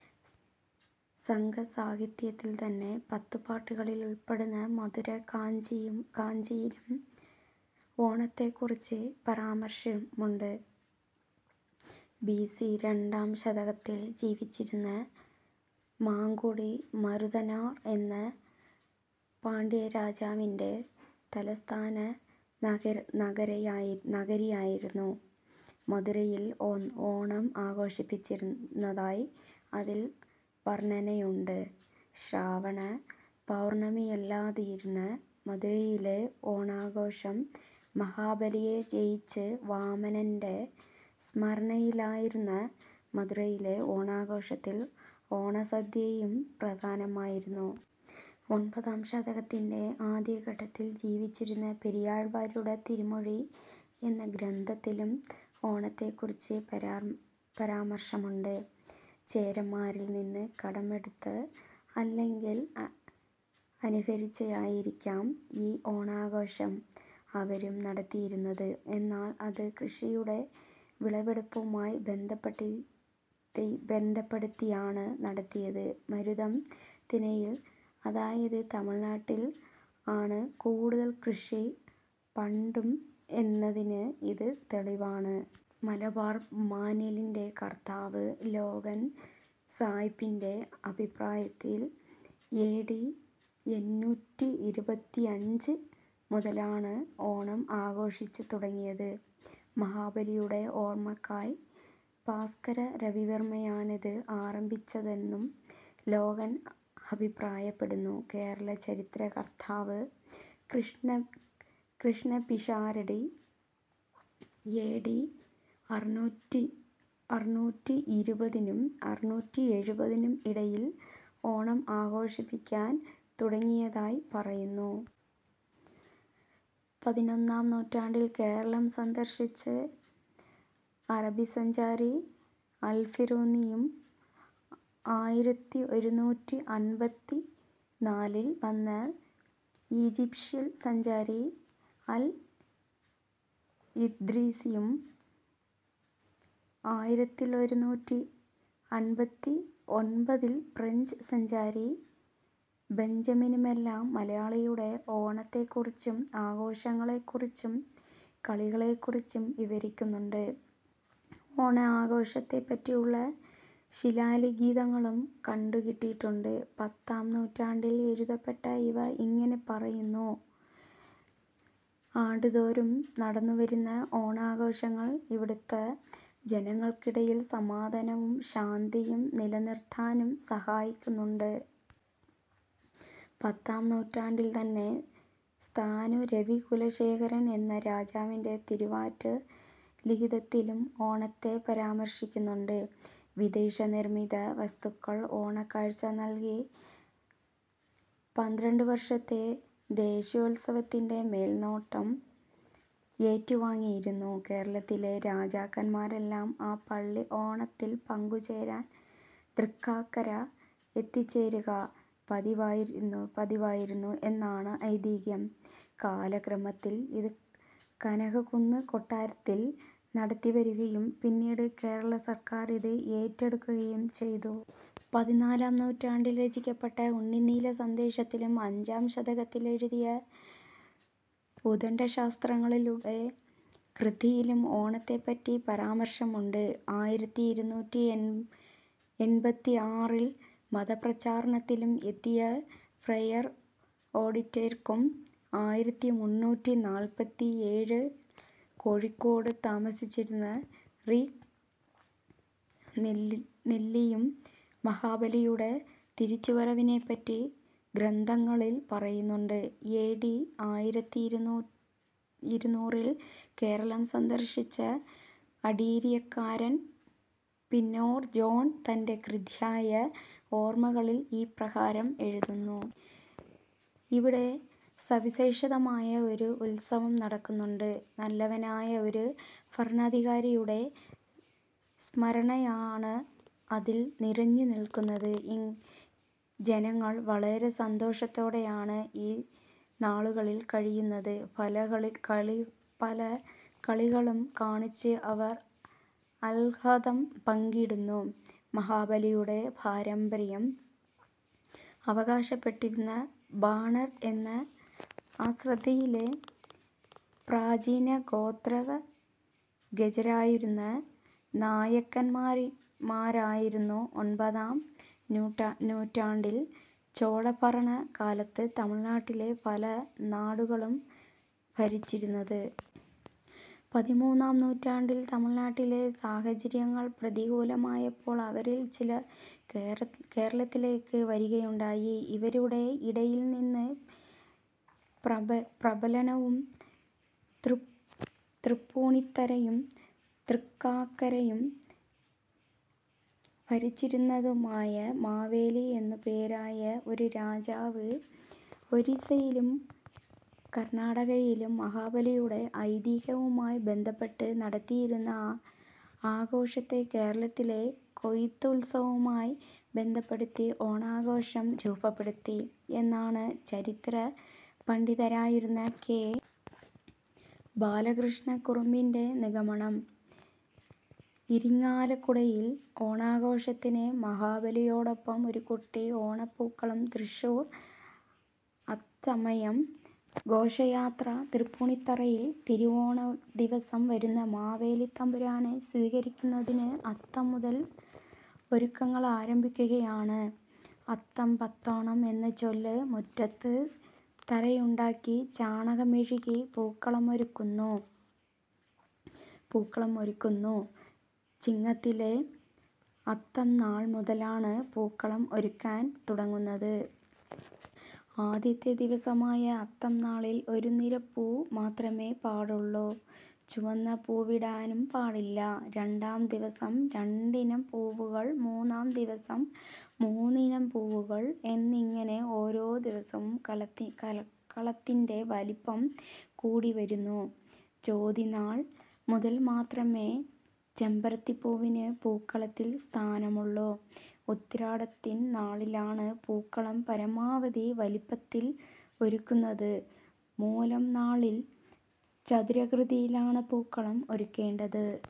സംഘസാഹിത്യത്തിൽതന്നെ പത്തുപാട്ടുകളിലുൾപ്പെടുന്ന മധുര കാഞ്ചിയും ' കാഞ്ചി'യിലും ഓണത്തെക്കുറിച്ച് പരാമർശമുണ്ട്. ബി. സി. രണ്ടാം ശതകത്തിൽ ജീവിച്ചിരുന്ന 'മാങ്കുടി മരുതനാർ' എന്ന പാണ്ഡ്യരാജാവിന്റെ തലസ്ഥാന നഗരയായി നഗരിയായിരുന്നു മധുരയിൽ ഓണം ആഘോഷിപ്പിച്ചിരുന്നതായി അതിൽ വർണ്ണനയുണ്ട്. ശ്രാവണ പൗർണ്ണമിനാളിലായിരുന്നു മധുരയിലെ ഓണാഘോഷം. മഹാബലിയെ ജയിച്ച വാമനന്റെ സ്മരണയിലായിരുന്ന മധുരയിലെ ഓണാഘോഷത്തിൽ 'ഓണസദ്യയും' പ്രധാനമായിരുന്നു. ഒമ്പതാം ശതകത്തിന്റെ ആദ്യഘട്ടത്തിൽ ജീവിച്ചിരുന്ന പെരിയാഴ്വരുടെ 'തിരുമൊഴി' എന്ന ഗ്രന്ഥത്തിലും ഓണത്തെക്കുറിച്ച് പരാമർശമുണ്ട്. ചേരന്മാരിൽ നിന്ന് കടം എടുത്ത അല്ലെങ്കിൽ അനുകരിച്ചായിരിക്കാം ഈ ഓണാഘോഷം അവരും നടത്തിയിരുന്നത്. എന്നാൽ അത് കൃഷിയുടെ വിളവെടുപ്പുമായി ബന്ധപ്പെടുത്തിയാണ് നടത്തിയത്. മരുതം തിണയിൽ അതായത് തമിഴ്നാട്ടിൽ ആണ് കൂടുതൽ കൃഷി പണ്ടും എന്നതിന് ഇത് തെളിവാണ്. മലബാർ മാന്വലിന്റെ കർത്താവ് ലോഗൻ സായിപ്പിന്റെ അഭിപ്രായത്തിൽ എ. ഡി. എണ്ണൂറ്റിഇരുപത്തിയഞ്ച് മുതലാണ് ഓണം ആഘോഷിച്ചു തുടങ്ങിയത്. മഹാബലിയുടെ ഓർമ്മക്കായി ഭാസ്കര രവിവർമ്മയാണിത് ആരംഭിച്ചതെന്നും ലോഗൻ അഭിപ്രായപ്പെടുന്നു. കേരള ചരിത്ര കർത്താവ് കൃഷ്ണപിഷാരടി, എ. ഡി. അറുനൂറ്റിഇരുപതിനും അറുനൂറ്റിഎഴുപതിനും ഇടയിൽ ഓണം ആഘോഷിക്കാൻ തുടങ്ങിയതായി പറയുന്നു. പതിനൊന്നാം നൂറ്റാണ്ടിൽ കേരളം സന്ദർശിച്ച അറബിസഞ്ചാരി അൽബിറൂണിയും ആയിരത്തിഒരുനൂറ്റിഅമ്പത്തിനാലിൽ വന്ന ഈജിപ്ഷ്യൻ സഞ്ചാരി അൽ ഇദ്രീസിയും ആയിരത്തിഒരുനൂറ്റിഅമ്പത്തിഒമ്പതിൽ ഫ്രഞ്ച് സഞ്ചാരി ബഞ്ചമിനുമെല്ലാം മലയാളിയുടെ ഓണത്തെക്കുറിച്ചും ആഘോഷങ്ങളെക്കുറിച്ചും കളികളെക്കുറിച്ചും വിവരിക്കുന്നുണ്ട്. ഓണാഘോഷത്തെപ്പറ്റിയുള്ള ശിലാലിഖിതങ്ങളും കണ്ടുകിട്ടിയിട്ടുണ്ട്. പത്താം നൂറ്റാണ്ടിൽ എഴുതപ്പെട്ട ഇവ ഇങ്ങനെ പറയുന്നു. "ആണ്ടുതോറും നടന്നുവരുന്ന ഓണാഘോഷങ്ങൾ ഇവിടുത്തെ ജനങ്ങൾക്കിടയിൽ സമാധാനവും ശാന്തിയും നിലനിർത്താനും സഹായിക്കുന്നുണ്ട്". പത്താം നൂറ്റാണ്ടിൽത്തന്നെ സ്ഥാണു രവികുലശേഖരൻ എന്ന രാജാവിന്റെ തിരുവാറ്റ് ലിഖിതത്തിലും ഓണത്തെ പരാമർശിക്കുന്നുണ്ട്. വിദേശനിർമ്മിത വസ്തുക്കൾ ഓണക്കാഴ്ച നൽകി പന്ത്രണ്ടുവർഷത്തെ ദേശീയോത്സവത്തിന്റെ മേൽനോട്ടം ഏറ്റുവാങ്ങിയിരുന്നു. കേരളത്തിലെ രാജാക്കൻമാരെല്ലാം ആ പള്ളി ഓണത്തിൽ പങ്കുചേരാൻ തൃക്കാക്കര എത്തിച്ചേരുക പതിവായിരുന്നു എന്നാണ് ഐതിഹ്യം. കാലക്രമത്തിൽ ഇത് കനകക്കുന്ന് കൊട്ടാരത്തിൽ നടത്തിവരുകയും പിന്നീട് കേരളസർക്കാർ ഇത് ഏറ്റെടുക്കുകയും ചെയ്തു. പതിനാലാം നൂറ്റാണ്ടിൽ രചിക്കപ്പെട്ട 'ഉണ്ണിനീലിസന്ദേശ'ത്തിലും അഞ്ചാം ശതകത്തിലെഴുതിയ ഉദണ്ഡശാസ്ത്രികളുടെ കൃതിയിലും ഓണത്തെപ്പറ്റി പരാമർശമുണ്ട്. ആയിരത്തിഇരുനൂറ്റിഎൺപത്തിആറിൽ മതപ്രചാരണാർത്ഥം എത്തിയ ഫ്രയർ ഒഡോറിക്കും ആയിരത്തിമുന്നൂറ്റിനാല്പത്തിയേഴിൽ കോഴിക്കോട് താമസിച്ചിരുന്ന റീഗ് നെല്ലിയും മഹാബലിയുടെ തിരിച്ചുവരവിനെപ്പറ്റി ഗ്രന്ഥങ്ങളിൽ പറയുന്നുണ്ട്. എ. ഡി. ആയിരത്തിഇരുനൂറിൽ കേരളം സന്ദർശിച്ച അഡീറിയക്കാരൻ 'പിനോർ ജോൺ' തന്റെ കൃതിയായ 'ഓർമ്മകളിൽ' ഇപ്രകാരം എഴുതുന്നു. "ഇവിടെ സവിശേഷമായ ഒരു ഉത്സവം നടക്കുന്നുണ്ട്. നല്ലവനായ ഒരു ഭരണാധികാരിയുടെ സ്മരണയാണ് അതിൽ നിറഞ്ഞു നിൽക്കുന്നത്. ജനങ്ങൾ വളരെ സന്തോഷത്തോടെയാണ് ഈ നാളുകളിൽ കഴിയുന്നത്. പല കളികളും കാണിച്ച് അവർ ആഹ്ലാദം പങ്കിടുന്നു. " മഹാബലിയുടെ പാരമ്പര്യം അവകാശപ്പെട്ടിരുന്ന ബാണർ എന്ന ആന്ധ്രയിലെ പ്രാചീനഗോത്രവംശജരായിരുന്ന നായകന്മാരായിരുന്നു ഒമ്പതാം നൂറ്റാണ്ടിൽ ചോളഭരണ കാലത്ത് തമിഴ്നാട്ടിലെ പല നാടുകളും ഭരിച്ചിരുന്നത്. പതിമൂന്നാം നൂറ്റാണ്ടിൽ തമിഴ്നാട്ടിലെ സാഹചര്യങ്ങൾ പ്രതികൂലമായപ്പോൾ അവരിൽ ചിലർ കേരളത്തിലേക്ക് വരികയുണ്ടായി. ഇവരുടെ ഇടയിൽനിന്ന് പ്രബലനും തൃപ്പൂണിത്തറയും, തൃക്കാക്കരയും ഭരിച്ചിരുന്നതുമായ 'മാവേലി' എന്നു പേരായ ഒരു രാജാവ്, ഒറീസയിലും, കർണാടകയിലും മഹാബലിയുടെ ഐതിഹ്യവുമായി ബന്ധപ്പെട്ട് നടത്തിയിരുന്ന ആഘോഷത്തെ കേരളത്തിലെ കൊയ്ത്തുത്സവവുമായി ബന്ധപ്പെടുത്തി ഓണാഘോഷം രൂപപ്പെടുത്തി. എന്നാണ് ചരിത്രപണ്ഡിതനായിരുന്ന കെ. ബാലകൃഷ്ണ കുറുപ്പിന്റെ നിഗമനം. ഇരിങ്ങാലക്കുടയിൽ ഓണാഘോഷത്തിന് മഹാബലിയോടൊപ്പം ഒരു കുട്ടി ഓണപൂക്കളം തൃശൂർ അത്തച്ചമയം ഘോഷയാത്ര തൃപ്പൂണിത്തുറയിൽ 'തിരുവോണദിവസം വരുന്ന മാവേലിത്തമ്പുരാനെ സ്വീകരിക്കുന്നതിന് അത്തം മുതൽ ഒരുക്കങ്ങളാരംഭിക്കുകയാണ്. 'അത്തം പത്തോണം' എന്ന് ചൊല്ല്. മുറ്റത്ത് തറയുണ്ടാക്കി ചാണകം മെഴുകി പൂക്കളമൊരുക്കുന്നു. ചിങ്ങത്തിലെ അത്തംനാൾ മുതലാണ് പൂക്കളം ഒരുക്കാൻ തുടങ്ങുന്നത്. ആദ്യത്തെ ദിവസമായ അത്തംനാളിൽ ഒരു നിര പൂ മാത്രമേ പാടുള്ളൂ. ചുവന്ന പൂവിടാനും പാടില്ല. രണ്ടാം ദിവസം രണ്ടിനം പൂവുകൾ മൂന്നാം ദിവസം മൂന്നിനം പൂവുകൾ എന്നിങ്ങനെ ഓരോ ദിവസവും കളത്തിന്റെ വലിപ്പം കൂടി വരുന്നു. ചോതിനാൾ മുതൽ മാത്രമേ ചെമ്പരത്തിപ്പൂവിന് പൂക്കളത്തിൽ സ്ഥാനമുള്ളൂ. ഉത്രാടത്തിൻനാളിലാണ് പൂക്കളം പരമാവധി വലിപ്പത്തിൽ ഒരുക്കുന്നത്. മൂലം നാളിൽ ചതുരാകൃതിയിലാണ് പൂക്കളം ഒരുക്കേണ്ടത്.